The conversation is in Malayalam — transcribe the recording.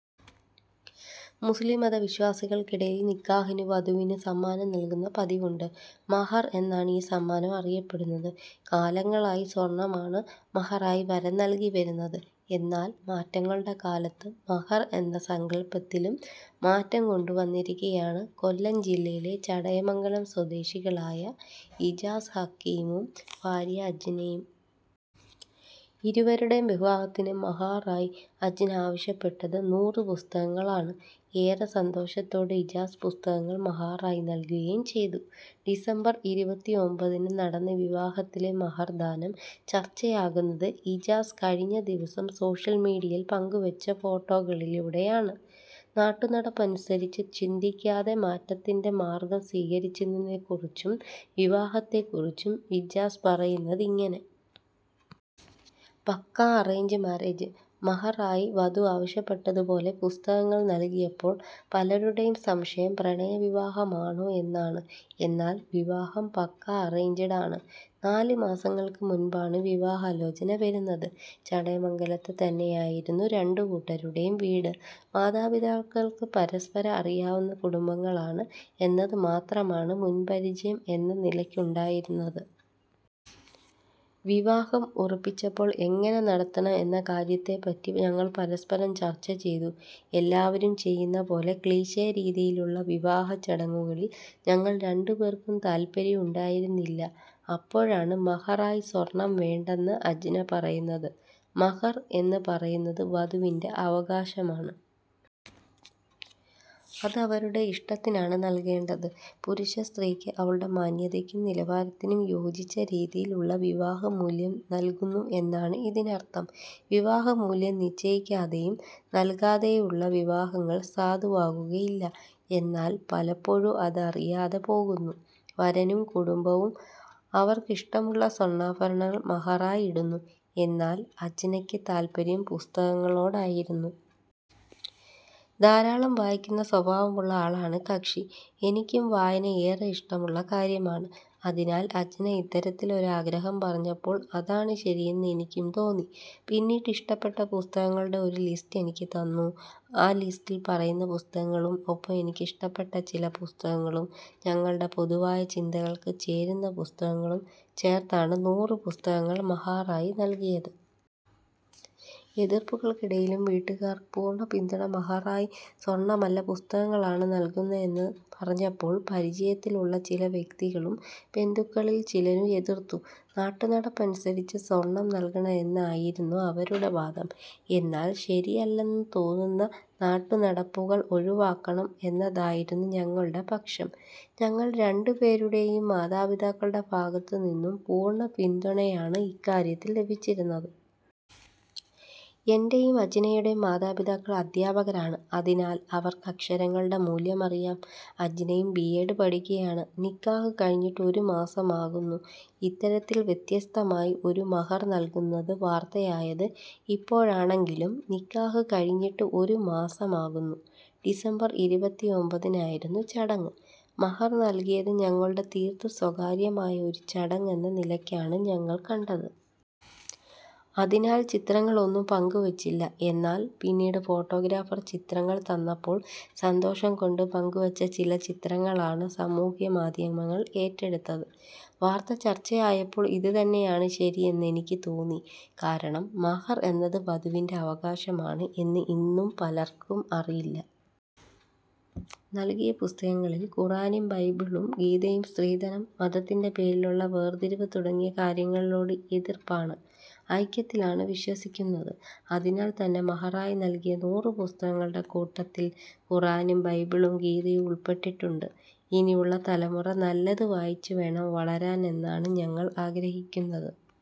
മുസ്ലിം മത വിശ്വാസികൾക്കിടയിൽ നിക്കാഹിന് വധുവിന് സമ്മാനം നൽകുന്ന പതിവുണ്ട്. മഹർ എന്നാണ് ഈ സമ്മാനം അറിയപ്പെടുന്നത്. കാലങ്ങളായി സ്വർണമാണ് മഹറായി വരൻ നൽകി വരുന്നത്. എന്നാൽ മാറ്റങ്ങളുടെ കാലത്ത് മഹർ എന്ന സങ്കൽപ്പത്തിലും മാറ്റം കൊണ്ട് വന്നിരിക്കുകയാണ് കൊല്ലം ജില്ലയിലെ ചടയമംഗലം സ്വദേശികളായ ഇജാസ് ഹക്കിമും ഭാര്യ അജ്നയും. ഇരുവരുടെയും വിവാഹത്തിന് മഹാറായി അജ്ന ആവശ്യപ്പെട്ടത് നൂറ് പുസ്തകങ്ങളാണ്. ഏറെ സന്തോഷത്തോടെ ഇജാസ് പുസ്തകങ്ങൾ മഹാറായി നൽകുകയും ചെയ്തു. ഡിസംബർ ഇരുപത്തിഒമ്പത്തിന് നടന്ന വിവാഹത്തിലെ മഹർ ദാനം ചർച്ചയാകുന്നത് ഇജാസ് കഴിഞ്ഞ ദിവസം സോഷ്യൽ മീഡിയയിൽ പങ്കുവച്ച ഫോട്ടോകളിലൂടെയാണ്. നാട്ടുനടപ്പനുസരിച്ച് ചിന്തിക്കാതെ മാറ്റത്തിന്‍റെ മാർഗം സ്വീകരിച്ചതിനെക്കുറിച്ചും വിവാഹത്തെക്കുറിച്ചും ഇജാസ് പറയുന്നതിങ്ങനെ. പക്കാ അറേഞ്ച്ഡ് മാരേജ് .മഹറായി വധു ആവശ്യപ്പെട്ടത് പോലെ പുസ്തകങ്ങൾ നൽകിയപ്പോൾ പലരുടെയും സംശയം പ്രണയ വിവാഹമാണോ എന്നാണ്. എന്നാൽ വിവാഹം പക്കാ അറേഞ്ച്ഡ് ആണ്. നാല് മാസങ്ങൾക്ക് മുൻപാണ് വിവാഹാലോചന വരുന്നത്. ചടയമംഗലത്ത് തന്നെയായിരുന്നു രണ്ടു കൂട്ടരുടെയും വീട്. മാതാപിതാക്കൾക്ക് പരസ്പരം അറിയാവുന്ന കുടുംബങ്ങളാണ് എന്നത് മാത്രമാണ് മുൻപരിചയം എന്ന നിലക്കുണ്ടായിരുന്നത്. വിവാഹം ഉറപ്പിച്ചപ്പോൾ എങ്ങനെ നടത്തണം എന്ന കാര്യത്തെ പറ്റി ഞങ്ങൾ പരസ്പരം ചർച്ച ചെയ്തു. എല്ലാവരും ചെയ്യുന്ന പോലെ ക്ലീഷേ രീതിയിലുള്ള വിവാഹ ചടങ്ങുകളിൽ ഞങ്ങൾ രണ്ടുപേർക്കും താൽപര്യം ഉണ്ടായിരുന്നില്ല. അപ്പോഴാണ് മഹർ ആയി സ്വർണം വേണ്ടെന്ന് അജ്ന പറയുന്നത്. മഹർ എന്ന് പറയുന്നത് വധുവിന്‍റെ അവകാശമാണ്. അത് അവരുടെ ഇഷ്ടത്തിനാണ് നൽകേണ്ടത്. പുരുഷൻ സ്ത്രീക്ക് അവളുടെ മാന്യതക്കും നിലവാരത്തിനും യോജിച്ച രീതിയിലുള്ള വിവാഹമൂല്യം നൽകുന്നു എന്നാണ് ഇതിനർത്ഥം. വിവാഹമൂല്യം നിശ്ചയിക്കാതെയും നല്‍കാതെയുള്ള വിവാഹങ്ങള്‍ സാധുവാകുകയില്ല.. എന്നാൽ പലപ്പോഴും അത് അറിയാതെ പോകുന്നു. വരനും കുടുംബവും അവർക്കിഷ്ടമുള്ള സ്വർണാഭരണങ്ങൾ മഹറായി ഇടുന്നു. എന്നാൽ അജ്നക്ക് താൽപര്യം പുസ്തകങ്ങളോടായിരുന്നു. ധാരാളം വായിക്കുന്ന സ്വഭാവമുള്ള ആളാണ് കക്ഷി. എനിക്കും വായന ഏറെ ഇഷ്ടമുള്ള കാര്യമാണ്. അതിനാൽ അജ്ന ഇത്തരത്തിൽ ഒരു ആഗ്രഹം പറഞ്ഞപ്പോൾ, അതാണ് ശരിയെന്ന് എനിക്കും തോന്നി. പിന്നീട് ഇഷ്ടപ്പെട്ട പുസ്തകങ്ങളുടെ ഒരു ലിസ്റ്റ് എനിക്ക് തന്നു. ആ ലിസ്റ്റിൽ പറയുന്ന പുസ്തകങ്ങളും ഒപ്പം എനിക്കിഷ്ടപ്പെട്ട ചില പുസ്തകങ്ങളും ഞങ്ങളുടെ പൊതുവായ ചിന്തകൾക്ക് ചേരുന്ന പുസ്തകങ്ങളും ചേർത്താണ് നൂറ് പുസ്തകങ്ങൾ മഹാറായി നൽകിയത്. എതിർപ്പുകൾക്കിടയിലും വീട്ടുകാർ പൂർണ പിന്തുണ മഹറായി സ്വർണമല്ല പുസ്തകങ്ങളാണ് നൽകുന്നത് എന്ന് പറഞ്ഞപ്പോൾ പരിചയത്തിലുള്ള ചില വ്യക്തികളും ബന്ധുക്കളിൽ ചിലരും എതിർത്തു. നാട്ടുനടപ്പനുസരിച്ച് സ്വർണം നൽകണം എന്നായിരുന്നു അവരുടെ വാദം. എന്നാൽ ശരിയല്ലെന്ന് തോന്നുന്ന നാട്ടുനടപ്പുകൾ ഒഴിവാക്കണം എന്നതായിരുന്നു ഞങ്ങളുടെ പക്ഷം. ഞങ്ങൾ രണ്ടുപേരുടെയും മാതാപിതാക്കളുടെ ഭാഗത്ത് നിന്നും പൂർണ പിന്തുണയാണ് ഇക്കാര്യത്തിൽ ലഭിച്ചിരുന്നത്. എന്‍റെയും അജ്നയുടെയും മാതാപിതാക്കൾ അധ്യാപകരാണ്. അതിനാൽ അവർക്ക് അക്ഷരങ്ങളുടെ മൂല്യമറിയാം. അജ്നയും ബിഎഡ് പഠിക്കുകയാണ്. നിക്കാഹ് കഴിഞ്ഞിട്ട് ഒരു മാസമാകുന്നു ഇത്തരത്തിൽ വ്യത്യസ്തമായി ഒരു മഹർ നൽകുന്നത് വാർത്തയായത് ഇപ്പോഴാണെങ്കിലും നിക്കാഹ് കഴിഞ്ഞിട്ട് ഒരു മാസമാകുന്നു. ഡിസംബർ ഇരുപത്തിഒമ്പതിനായിരുന്നു ചടങ്ങ്. മഹർ നൽകിയത് ഞങ്ങളുടെ തീർത്തും സ്വകാര്യമായ ഒരു ചടങ്ങ് എന്ന നിലക്കാണ് ഞങ്ങൾ കണ്ടത്. അതിനാൽ ചിത്രങ്ങൾ ഒന്നും പങ്കുവച്ചില്ല. എന്നാൽ പിന്നീട് ഫോട്ടോഗ്രാഫർ ചിത്രങ്ങൾ തന്നപ്പോൾ, സന്തോഷം കൊണ്ട് പങ്കുവച്ച ചില ചിത്രങ്ങളാണ് സമൂഹമാധ്യമങ്ങൾ ഏറ്റെടുത്തത്. വാർത്ത ചർച്ചയായപ്പോൾ ഇത് തന്നെയാണ് ശരി എന്ന് എനിക്ക് തോന്നി. കാരണം മഹർ എന്നത് വധുവിന്‍റെ അവകാശമാണ് എന്ന് ഇന്നും പലർക്കും അറിയില്ല. നൽകിയ പുസ്തകങ്ങളിൽ ഖുറാനും ബൈബിളും ഗീതയും സ്ത്രീധനം, മതത്തിന്‍റെ പേരിലുള്ള വേർതിരിവ് തുടങ്ങിയ കാര്യങ്ങളിലോട് എതിർപ്പാണ്. ഐക്യത്തിലാണ് വിശ്വസിക്കുന്നത്. അതിനാൽ തന്നെ മഹറായി നൽകിയ നൂറ് പുസ്തകങ്ങളുടെ കൂട്ടത്തിൽ ഖുറാനും ബൈബിളും ഗീതയും ഉൾപ്പെട്ടിട്ടുണ്ട്. ഇനിയുള്ള തലമുറ നല്ലത് വായിച്ച് വേണം വളരാൻ എന്നാണ് ഞങ്ങൾ ആഗ്രഹിക്കുന്നത്.